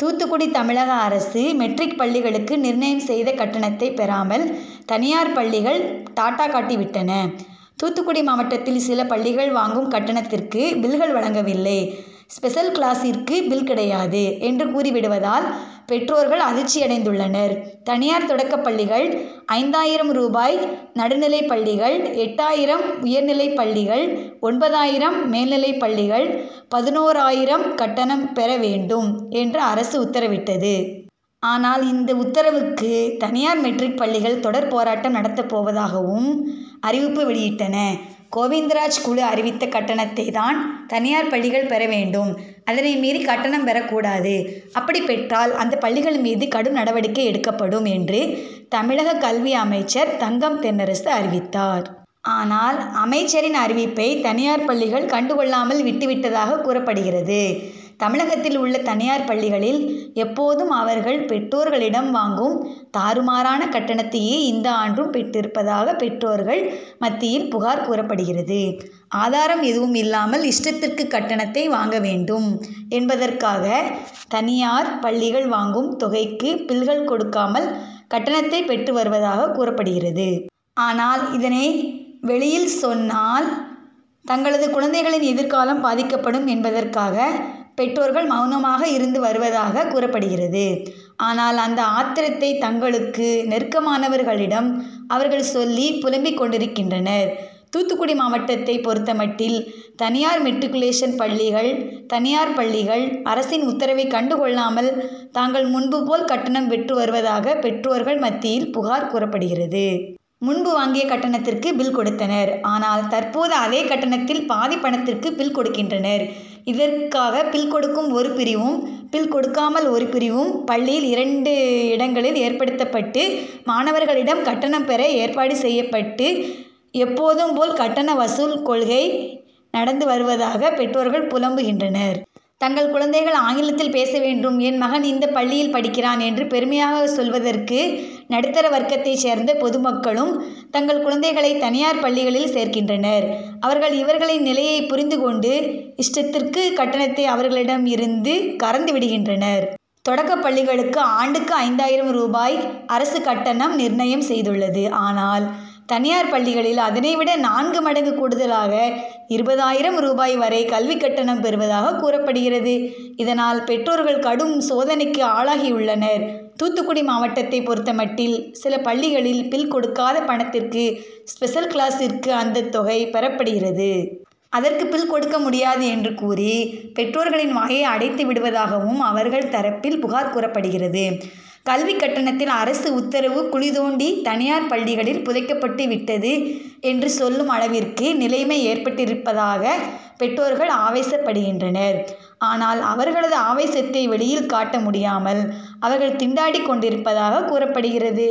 தூத்துக்குடி தமிழக அரசு மெட்ரிக் பள்ளிகளுக்கு நிர்ணயம் செய்த கட்டணத்தை பெறாமல் தனியார் பள்ளிகள் டாட்டா காட்டி விட்டன. தூத்துக்குடி மாவட்டத்தில் சில பள்ளிகள் வாங்கும் கட்டணத்திற்கு பில்கள் வழங்கவில்லை. ஸ்பெஷல் கிளாசிற்கு பில் கிடையாது என்று கூறிவிடுவதால் பெற்றோர்கள் அதிர்ச்சியடைந்துள்ளனர். தனியார் தொடக்க பள்ளிகள் ஐந்தாயிரம் ரூபாய் நடுநிலைப்பள்ளிகள் எட்டாயிரம் உயர்நிலைப்பள்ளிகள் ஒன்பதாயிரம் மேல்நிலைப்பள்ளிகள் பதினோராயிரம் கட்டணம் பெற வேண்டும் என்று அரசு உத்தரவிட்டது. ஆனால் இந்த உத்தரவுக்கு தனியார் மெட்ரிக் பள்ளிகள் தொடர் போராட்டம் நடத்தப் போவதாகவும் அறிவிப்பு வெளியிட்டன. கோவிந்தராஜ் குழு அறிவித்த கட்டணத்தை தான் தனியார் பள்ளிகள் பெற வேண்டும். அதனை மீறி கட்டணம் பெறக் கூடாது. அப்படி பெற்றால் அந்த பள்ளிகள் மீது கடும் நடவடிக்கை எடுக்கப்படும் என்று தமிழக கல்வி அமைச்சர் தங்கம் தென்னரசு அறிவித்தார். ஆனால் அமைச்சரின் அறிவிப்பை தனியார் பள்ளிகள் கண்டு கொள்ளாமல் விட்டு விட்டதாக கூறப்படுகிறது. தமிழகத்தில் உள்ள தனியார் பள்ளிகளில் எப்போதும் அவர்கள் பெற்றோர்களிடம் வாங்கும் தாறுமாறான கட்டணத்தையே இந்த ஆண்டும் பெற்றிருப்பதாக பெற்றோர்கள் மத்தியில் புகார் கூறப்படுகிறது. ஆதாரம் எதுவும் இல்லாமல் இஷ்டத்திற்கு கட்டணத்தை வாங்க வேண்டும் என்பதற்காக தனியார் பள்ளிகள் வாங்கும் தொகைக்கு பில்கள் கொடுக்காமல் கட்டணத்தை பெற்று வருவதாக கூறப்படுகிறது. ஆனால் இதனை வெளியில் சொன்னால் தங்களது குழந்தைகளின் எதிர்காலம் பாதிக்கப்படும் என்பதற்காக பெற்றோர்கள் மௌனமாக இருந்து வருவதாக கூறப்படுகிறது. ஆனால் அந்த ஆத்திரத்தை தங்களுக்கு நெருக்கமானவர்களிடம் அவர்கள் சொல்லி புலம்பிக் கொண்டிருக்கின்றனர். தூத்துக்குடி மாவட்டத்தை பொறுத்தமட்டில் தனியார் மெட்ரிக்குலேஷன் பள்ளிகள் தனியார் பள்ளிகள் அரசின் உத்தரவை கண்டு கொள்ளாமல் தாங்கள் முன்பு போல் கட்டணம் பெற்றுவருவதாக பெற்றோர்கள் மத்தியில் புகார் கூறப்படுகிறது. முன்பு வாங்கிய கட்டணத்திற்கு பில் கொடுத்தனர். ஆனால் தற்போது அதே கட்டணத்தில் பாதி பணத்திற்கு பில் கொடுக்கின்றனர். இதற்காக பில் கொடுக்கும் ஒரு பிரிவும் பில் கொடுக்காமல் ஒரு பிரிவும் பள்ளியில் இரண்டு இடங்களில் ஏற்படுத்தப்பட்டு மாணவர்களிடம் கட்டணம் பெற ஏற்பாடு செய்யப்பட்டு எப்போதும் போல் கட்டண வசூல் கொள்ளை நடந்து வருவதாக பெற்றோர்கள் புலம்புகின்றனர். தங்கள் குழந்தைகள் ஆங்கிலத்தில் பேச வேண்டும். என் மகன் இந்த பள்ளியில் படிக்கிறான் என்று பெருமையாக சொல்வதற்கு நடுத்தர வர்க்கத்தை சேர்ந்த பொதுமக்களும் தங்கள் குழந்தைகளை தனியார் பள்ளிகளில் சேர்க்கின்றனர். அவர்கள் இவர்களின் நிலையை புரிந்து கொண்டு இஷ்டத்திற்கு கட்டணத்தை அவர்களிடம் இருந்து கறந்து விடுகின்றனர். தொடக்கப் பள்ளிகளுக்கு ஆண்டுக்கு ஐந்தாயிரம் ரூபாய் அரசு கட்டணம் நிர்ணயம் செய்துள்ளது. ஆனால் தனியார் பள்ளிகள் அதனை விட நான்கு மடங்கு கூடுதலாக இருபதாயிரம் ரூபாய் வரை கல்வி கட்டணம் பெறுவதாக கூறப்படுகிறது. இதனால் பெற்றோர்கள் கடும் சோதனைக்கு ஆளாகியுள்ளனர். தூத்துக்குடி மாவட்டத்தை பொறுத்தமட்டில் சில பள்ளிகளில் பில் கொடுக்காத பணத்திற்கு ஸ்பெஷல் கிளாசிற்கு அந்த தொகை பெறப்படுகிறது. அதற்கு பில் கொடுக்க முடியாது என்று கூறி பெற்றோர்களின் வாயை அடைத்து விடுவதாகவும் அவர்கள் தரப்பில் புகார் கூறப்படுகிறது. கல்வி கட்டணத்தில் அரசு உத்தரவு குழி தோண்டி தனியார் பள்ளிகளால் புதைக்கப்பட்டு விட்டது என்று சொல்லும் அளவிற்கு நிலமை ஏற்பட்டிருப்பதாக பெற்றோர்கள் ஆவேசப்படுகின்றனர். ஆனால் அவர்களது ஆவேசத்தை வெளியில் காட்ட முடியாமல் அவர்கள் திண்டாடிக் கொண்டிருப்பதாக கூறப்படுகிறது.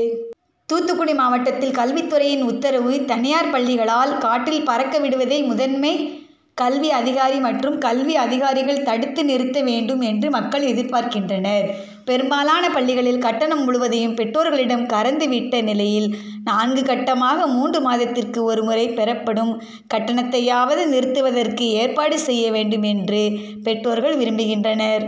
தூத்துக்குடி மாவட்டத்தில் கல்வித்துறையின் உத்தரவு தனியார் பள்ளிகளால் காற்றில் பறக்க விடுவதை முதன்மை கல்வி அதிகாரி மற்றும் கல்வி அதிகாரிகள் தடுத்து நிறுத்த வேண்டும் என்று மக்கள் எதிர்பார்கின்றனர். பெரும்பாலான பள்ளிகளில் கட்டணம் முழுவதையும் பெற்றோர்களிடம் கறந்து விட்ட நிலையில் நான்கு கட்டமாக மூன்று மாதத்திற்கு ஒரு முறை பெறப்படும் கட்டணத்தையாவது நிறுத்துவதற்கு ஏற்பாடு செய்ய வேண்டும் என்று பெற்றோர்கள் விரும்புகின்றனர்.